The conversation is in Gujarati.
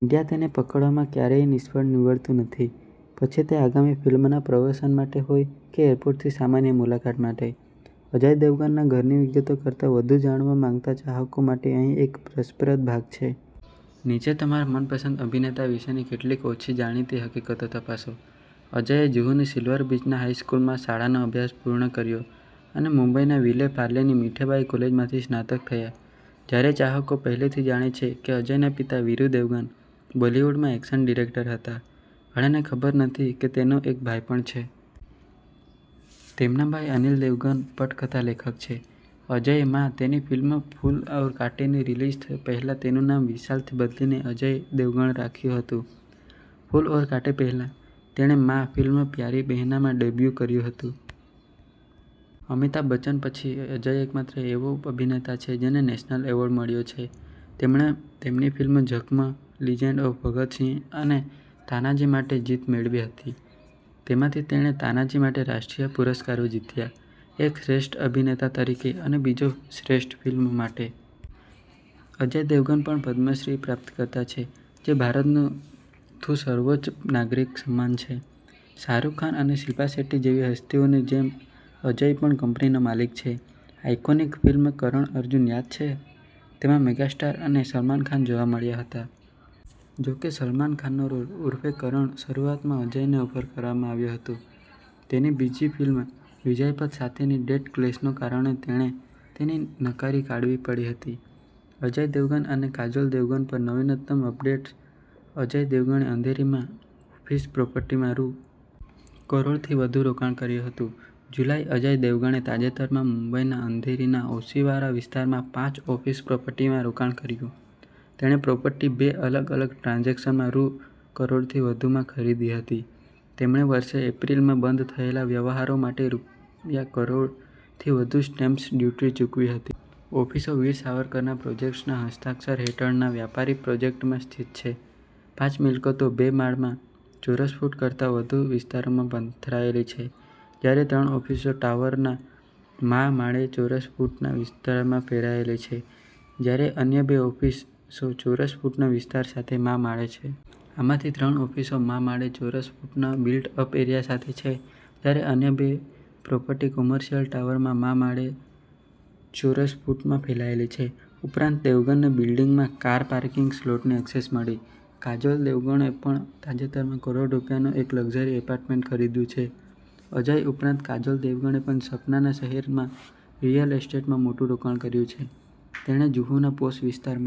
મીડિયા તેને પકડવામાં ક્યારેય નિષ્ફળ નીવડતું નથી, પછી તે આગામી ફિલ્મના પ્રમોશન માટે હોય કે એરપોર્ટની સામાન્ય મુલાકાત માટે. અજય દેવગનના ઘરની વિગતો કરતાં વધુ જાણવા માંગતા ચાહકો માટે અહીં એક રસપ્રદ ભાગ છે. નીચે તમારા મનપસંદ અભિનેતા વિશેની કેટલીક ઓછી જાણીતી હકીકતો તપાસો. અજયે જુહુની સિલ્વર બીચ હાઈસ્કૂલમાં શાળાનો અભ્યાસ પૂર્ણ કર્યો અને મુંબઈના વિલે પાર્લેની મીઠીબાઈ કોલેજમાંથી સ્નાતક થયા. જ્યારે ચાહકો પહેલાથીજાણે છે કે અજયના પિતા, વીરુ દેવગન, બોલિવૂડમાં એક્શન ડિરેક્ટર હતા, ઘણાને ખબર નથી કે તેનો એક ભાઈ પણ છે. તેમના ભાઈ અનિલ દેવગન પટકથા લેખક છે. અજયે માં તેની ફિલ્મ ફૂલ ઔર કાંટેની રિલીઝ પહેલાં તેનું નામ વિશાલથી બદલીને અજય દેવગણ રાખ્યું હતું. ફૂલ ઔર કાંટે પહેલાં, તેણે માં ફિલ્મ પ્યારી બેહનામાં ડેબ્યૂ કર્યું હતું. અમિતાભ બચ્ચન પછી અજય એકમાત્ર એવો અભિનેતા છે જેને નેશનલ એવોર્ડ મળ્યો છે. તેમણે તેમની ફિલ્મો ઝખ્મ, લિજેન્ડ ઓફ ભગત સિંહ અને તાનાજી માટેજીત મેળવી હતી. તેમાંથી, તેણે તાનાજી માટે રાષ્ટ્રીય પુરસ્કારો જીત્યા, એક શ્રેષ્ઠ અભિનેતા તરીકે અને બીજો શ્રેષ્ઠ ફિલ્મ માટે. અજય દેવગન પણ પદ્મશ્રી પ્રાપ્તકર્તા છે, જે ભારતનું થું સર્વોચ્ચ નાગરિક સન્માન છે. શાહરૂખ ખાન અને શિલ્પા શેટ્ટી જેવી હસ્તીઓની જેમ અજય પણ કંપનીનો માલિક છે. આઇકોનિક ફિલ્મ કરણ અર્જુન યાદ છે? તેમાં મેગાસ્ટાર અને સલમાન ખાન જોવા મળ્યા હતા. જોકે, સલમાન ખાનનો રોલ, ઉર્ફે કરણ, શરૂઆતમાં અજયને ઓફર કરવામાં આવ્યો હતો. તેની બીજી ફિલ્મ વિજયપથ સાથેની ડેટ ક્લેશને કારણે તેણે તેને નકારી કાઢવી પડી હતી. અજય દેવગન અને કાજોલ દેવગન પર નવીનતમ અપડેટ્સ અજય દેવગણે અંધેરીમાં ઓફિસ પ્રોપર્ટીમાં રૂ. કરોડથી વધુનું રોકાણ કર્યું હતું જુલાઈઅજય દેવગણે તાજેતરમાં મુંબઈના અંધેરીના ઓશિવારા વિસ્તારમાં પાંચ ઓફિસ પ્રોપર્ટીમાં રોકાણ કર્યું. તેણેપ્રોપર્ટી બે અલગ-અલગ ટ્રાન્ઝેક્શનમાં રૂ. કરોડથી વધુમાં ખરીદી હતી. તેમણેવર્ષે એપ્રિલમાં બંધ થયેલાવ્યવહારો માટે રૂ. કરોડથી વધુની સ્ટેમ્પ ડ્યુટી ચૂકવી હતી. ઑફિસો વીર સાવરકર પ્રોજેક્ટ્સના હસ્તાક્ષર હેઠળના વ્યાપારી પ્રોજેક્ટમાં સ્થિત છે. પાંચ મિલકતો બે માળમાંચોરસ ફૂટ કરતાં વધુ વિસ્તારમાં પથરાયેલી છે. જ્યારે ત્રણ ઓફિસો ટાવરના મા માળેચોરસ ફૂટના વિસ્તારમાં ફેલાયેલી છે, જ્યારે અન્ય બે ઓફિસોચોરસ ફૂટના વિસ્તાર સાથે મા માળે છે. આમાંથી ત્રણ ઓફિસો મા માળેચોરસ ફૂટના બિલ્ટ-અપ એરિયા સાથે છે, જ્યારે અન્ય બે પ્રોપર્ટી કોમર્શિયલ ટાવરના મા માળેચોરસ ફૂટમાં ફેલાયેલી છે. ઉપરાંત, દેવગનને બિલ્ડિંગમાં કાર પાર્કિંગ સ્લોટની ઍક્સેસ મળી. કાજોલ દેવગણે પણ તાજેતરમાંકરોડ રૂપિયાનું એક લક્ઝરી એપાર્ટમેન્ટ ખરીદ્યું છે અજય ઉપરાંત કાજોલ દેવગણે પણ સપનાના શહેરમાં રિયલ એસ્ટેટમાં મોટું રોકાણ કર્યું છે. તેણે જુહુના પોશ વિસ્તારમાં